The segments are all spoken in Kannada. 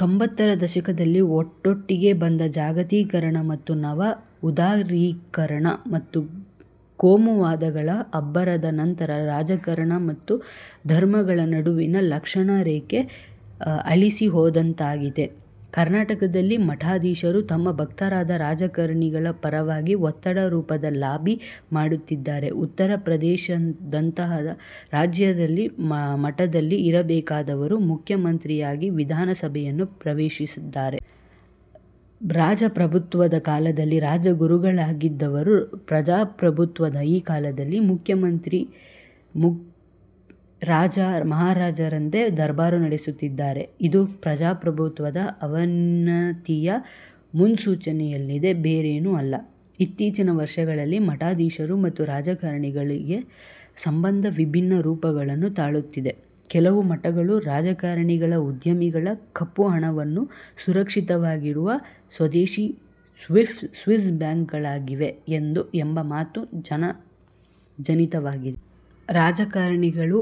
ತೊಂಬತ್ತರ ದಶಕದಲ್ಲಿ ಒಟ್ಟೊಟ್ಟಿಗೆ ಬಂದ ಜಾಗತೀಕರಣ ಮತ್ತು ನವ ಉದಾರೀಕರಣ ಮತ್ತು ಕೋಮುವಾದಗಳ ಅಬ್ಬರದ ನಂತರ ರಾಜಕಾರಣ ಮತ್ತು ಧರ್ಮಗಳ ನಡುವಿನ ಲಕ್ಷ್ಮಣ ರೇಖೆ ಅಳಿಸಿ ಹೋದಂತಾಗಿದೆ. ಕರ್ನಾಟಕದಲ್ಲಿ ಮಠಾಧೀಶರು ತಮ್ಮ ಭಕ್ತರಾದ ರಾಜಕಾರಣಿಗಳ ಪರವಾಗಿ ಒತ್ತಡ ರೂಪದ ಲಾಬಿ ಮಾಡುತ್ತಿದ್ದರೆ, ಉತ್ತರ ಪ್ರದೇಶದಂತಹ ರಾಜ್ಯದಲ್ಲಿ ಮಠದಲ್ಲಿ ಇರಬೇಕಾದವರು ಮುಖ್ಯ ಮಂತ್ರಿಯಾಗಿ ವಿಧಾನಸಭೆಯನ್ನು ಪ್ರವೇಶಿಸಿದ್ದಾರೆ. ರಾಜಪ್ರಭುತ್ವದ ಕಾಲದಲ್ಲಿ ರಾಜ ಗುರುಗಳಾಗಿದ್ದವರು ಪ್ರಜಾಪ್ರಭುತ್ವದ ಈ ಕಾಲದಲ್ಲಿ ಮುಖ್ಯ ಮಂತ್ರಿಯಾಗಿ ರಾಜ, ಮಹಾರಾಜರಂತೆ ದರ್ಬಾರು ನಡೆಸುತ್ತಿದ್ದಾರೆ. ಇದು ಪ್ರಜಾಪ್ರಭುತ್ವದ ಅವನತಿಯ ಮುನ್ಸೂಚನೆಯಲ್ಲದೆ ಬೇರೇನೂ ಅಲ್ಲ. ಇತ್ತೀಚಿನ ವರ್ಷಗಳಲ್ಲಿ ಮಠಾಧೀಶರು ಮತ್ತು ರಾಜಕಾರಣಿಗಳ ಸಂಬಂಧ ವಿಭಿನ್ನ ರೂಪಗಳನ್ನು ತಾಳುತ್ತಿದೆ. ಕೆಲವು ಮಠಗಳು ರಾಜಕಾರಣಿಗಳ ಉದ್ಯಮಿಗಳ ಕಪ್ಪುಹಣವನ್ನು ಸುರಕ್ಷಿತವಾಗಿಡುವ ಸ್ವದೇಶಿ ಸ್ವಿಸ್ ಬ್ಯಾಂಕುಗಳಾಗಿವೆ ಎಂಬ ಮಾತು ಜನ ಜನಿತವಾಗಿದೆ. ರಾಜಕಾರಣಿಗಳು,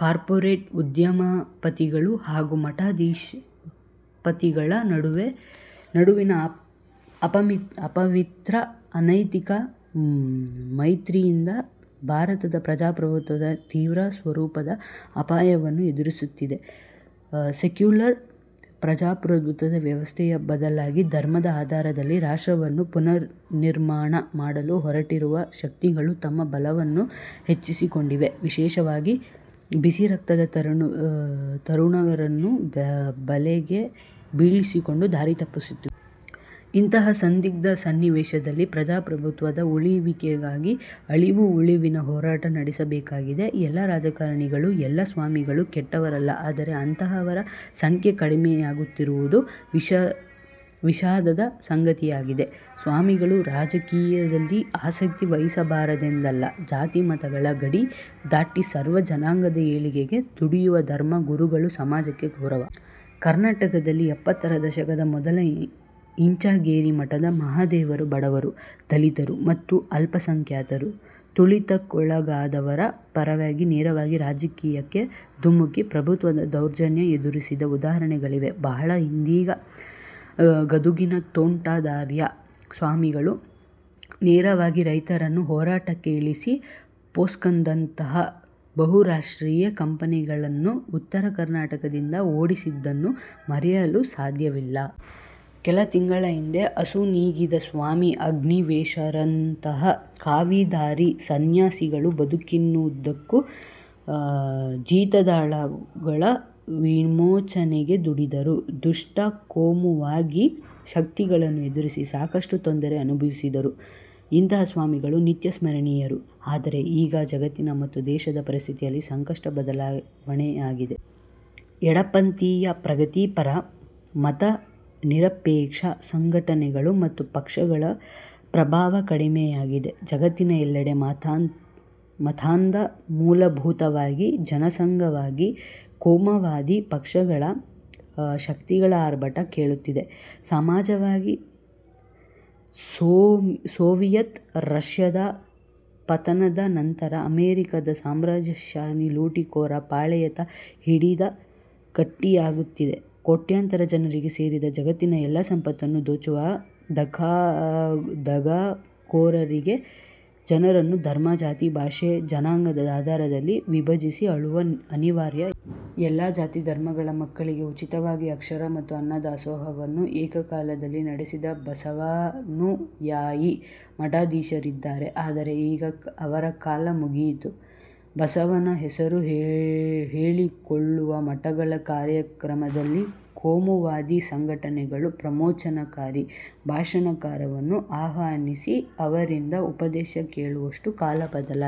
ಕಾರ್ಪೊರೇಟ್ ಉದ್ಯಮಪತಿಗಳು ಹಾಗೂ ಮಠಾಧಿಪತಿಗಳ ನಡುವಿನ ಅಪವಿತ್ರ, ಅನೈತಿಕ ಮೈತ್ರಿಯಿಂದ ಭಾರತದ ಪ್ರಜಾಪ್ರಭುತ್ವ ತೀವ್ರ ಸ್ವರೂಪದ ಅಪಾಯವನ್ನು ಎದುರಿಸುತ್ತಿದೆ. ಸೆಕ್ಯುಲರ್ ಪ್ರಜಾಪ್ರಭುತ್ವ ವ್ಯವಸ್ಥೆಯ ಬದಲಾಗಿ ಧರ್ಮದ ಆಧಾರದಲ್ಲಿ ರಾಷ್ಟ್ರವನ್ನು ಪುನರ್ನಿರ್ಮಾಣ ಮಾಡಲು ಹೊರಟಿರುವ ಶಕ್ತಿಗಳು ತಮ್ಮ ಬಲವನ್ನು ಹೆಚ್ಚಿಸಿಕೊಂಡಿವೆ. ವಿಶೇಷವಾಗಿ ಬಿಸಿರಕ್ತದ ತರುಣರನ್ನು ಬಲೆಗೆ ಬೀಳಿಸಿಕೊಂಡು ದಾರಿ ತಪ್ಪಿಸುತ್ತಿವೆ. ಇಂತಹ ಸಂದಿಗ್ಧ ಸನ್ನಿವೇಶದಲ್ಲಿ ಪ್ರಜಾಪ್ರಭುತ್ವದ ಉಳಿವಿಗಾಗಿ ಅಳಿವು ಉಳಿವಿನ ಹೋರಾಟ ನಡೆಸಬೇಕಾಗಿದೆ. ಎಲ್ಲ ರಾಜಕಾರಣಿಗಳು, ಎಲ್ಲ ಸ್ವಾಮಿಗಳು ಕೆಟ್ಟವರಲ್ಲ, ಆದರೆ ಅಂತಹವರ ಸಂಖ್ಯೆ ಕಡಿಮೆಯಾಗುತ್ತಿರುವುದು ವಿಷಾದದ ಸಂಗತಿಯಾಗಿದೆ. ಸ್ವಾಮಿಗಳು ರಾಜಕೀಯದಲ್ಲಿ ಆಸಕ್ತಿ ವಹಿಸಬಾರದೆಂದಲ್ಲ. ಜಾತಿ ಮತಗಳ ಗಡಿ ದಾಟಿ ಸರ್ವ ಜನಾಂಗದ ಏಳಿಗೆಗೆ ದುಡಿಯುವ ಧರ್ಮ ಗುರುಗಳು ಸಮಾಜಕ್ಕೆ ಗೌರವ. ಕರ್ನಾಟಕದಲ್ಲಿ ಎಪ್ಪತ್ತರ ದಶಕದ ಮೊದಲು ಇಂಚಗೇರಿ ಮಠದ ಮಹಾದೇವರು ಬಡವರು, ದಲಿತರು ಮತ್ತು ಅಲ್ಪಸಂಖ್ಯಾತರು, ತುಳಿತಕ್ಕೊಳಗಾದವರ ಪರವಾಗಿ ನೇರವಾಗಿ ರಾಜಕೀಯಕ್ಕೆ ಧುಮುಕಿ ಪ್ರಭುತ್ವದ ದೌರ್ಜನ್ಯ ಎದುರಿಸಿದ ಉದಾಹರಣೆಗಳಿವೆ. ಬಹಳ ಹಿಂದೇಕೆ ಗದುಗಿನ ತೋಂಟದಾರ್ಯ ಸ್ವಾಮಿಗಳು ನೇರವಾಗಿ ರೈತರನ್ನು ಹೋರಾಟಕ್ಕೆ ಇಳಿಸಿ ಪೊಸ್ಕೊದಂತಹ ಬಹುರಾಷ್ಟ್ರೀಯ ಕಂಪೆನಿಗಳನ್ನು ಉತ್ತರ ಕರ್ನಾಟಕದಿಂದ ಓಡಿಸಿದ್ದನ್ನು ಮರೆಯಲು ಸಾಧ್ಯವಿಲ್ಲ. ಕೆಲ ತಿಂಗಳ ಹಿಂದೆ ಅಸು ನೀಗಿದ ಸ್ವಾಮಿ ಅಗ್ನಿವೇಶರಂತಹ ಕಾವಿ ಧಾರಿ ಸನ್ಯಾಸಿಗಳು ಬದುಕಿನುದ್ದಕ್ಕೂ ಜೀತದಾಳುಗಳ ವಿಮೋಚನೆಗೆ ದುಡಿದರು. ದುಷ್ಟ ಕೋಮುವಾದಿ ಶಕ್ತಿಗಳನ್ನು ಎದುರಿಸಿ ಸಾಕಷ್ಟು ತೊಂದರೆ ಅನುಭವಿಸಿದರು. ಇಂತಹ ಸ್ವಾಮಿಗಳು ನಿತ್ಯ ಸ್ಮರಣೀಯರು. ಆದರೆ ಈಗ ಜಗತ್ತಿನ ಮತ್ತು ದೇಶದ ಪರಿಸ್ಥಿತಿಯಲ್ಲಿ ಸಾಕಷ್ಟು ಬದಲಾವಣೆಯಾಗಿದೆ. ಎಡಪಂಥೀಯ ಪ್ರಗತಿಪರ, ಮತ ನಿರಪೇಕ್ಷ ಸಂಘಟನೆಗಳು ಮತ್ತು ಪಕ್ಷಗಳ ಪ್ರಭಾವ ಕಡಿಮೆಯಾಗಿದೆ. ಜಗತ್ತಿನ ಎಲ್ಲೆಡೆ ಮತಾಂಧ ಮೂಲಭೂತವಾದಿ, ಜನಾಂಗವಾದಿ, ಕೋಮುವಾದಿ ಪಕ್ಷಗಳ, ಶಕ್ತಿಗಳ ಆರ್ಭಟ ಕೇಳುತ್ತಿದೆ. ಸಮಾಜವಾದಿ ಸೋವಿಯತ್ ರಶ್ಯದ ಪತನದ ನಂತರ ಅಮೆರಿಕದ ಸಾಮ್ರಾಜ್ಯಶಾಹಿ ಲೂಟಿಕೋರ ಪಾಳೆಯದ ಹಿಡಿತ ಗಟ್ಟಿಯಾಗುತ್ತಿದೆ. ಕೋಟ್ಯಂತರ ಜನರಿಗೆ ಸೇರಿದ ಜಗತ್ತಿನ ಎಲ್ಲ ಸಂಪತ್ತನ್ನು ದೋಚುವ ದಗಾಕೋರರಿಗೆ ಜನರನ್ನು ಧರ್ಮ, ಜಾತಿ, ಭಾಷೆ, ಜನಾಂಗದ ಆಧಾರದಲ್ಲಿ ವಿಭಜಿಸಿ ಆಳುವ ಅನಿವಾರ್ಯ. ಎಲ್ಲ ಜಾತಿ, ಧರ್ಮಗಳ ಮಕ್ಕಳಿಗೆ ಉಚಿತವಾಗಿ ಅಕ್ಷರ ಮತ್ತು ಅನ್ನ ದಾಸೋಹವನ್ನು ಏಕಕಾಲದಲ್ಲಿ ನಡೆಸಿದ ಬಸವಾನುಯಾಯಿ ಮಠಾಧೀಶರಿದ್ದರು. ಆದರೆ ಈಗ ಅವರ ಕಾಲ ಮುಗಿಯಿತು. ಬಸವನ ಹೆಸರು ಹೇಳಿಕೊಳ್ಳುವ ಮಠಗಳ ಕಾರ್ಯಕ್ರಮದಲ್ಲಿ ಕೋಮುವಾದಿ ಸಂಘಟನೆಗಳ ಪ್ರಚೋದನಕಾರಿ ಭಾಷಣಕಾರರನ್ನು ಆಹ್ವಾನಿಸಿ ಅವರಿಂದ ಉಪದೇಶ ಕೇಳುವಷ್ಟು ಕಾಲ ಬದಲಾ.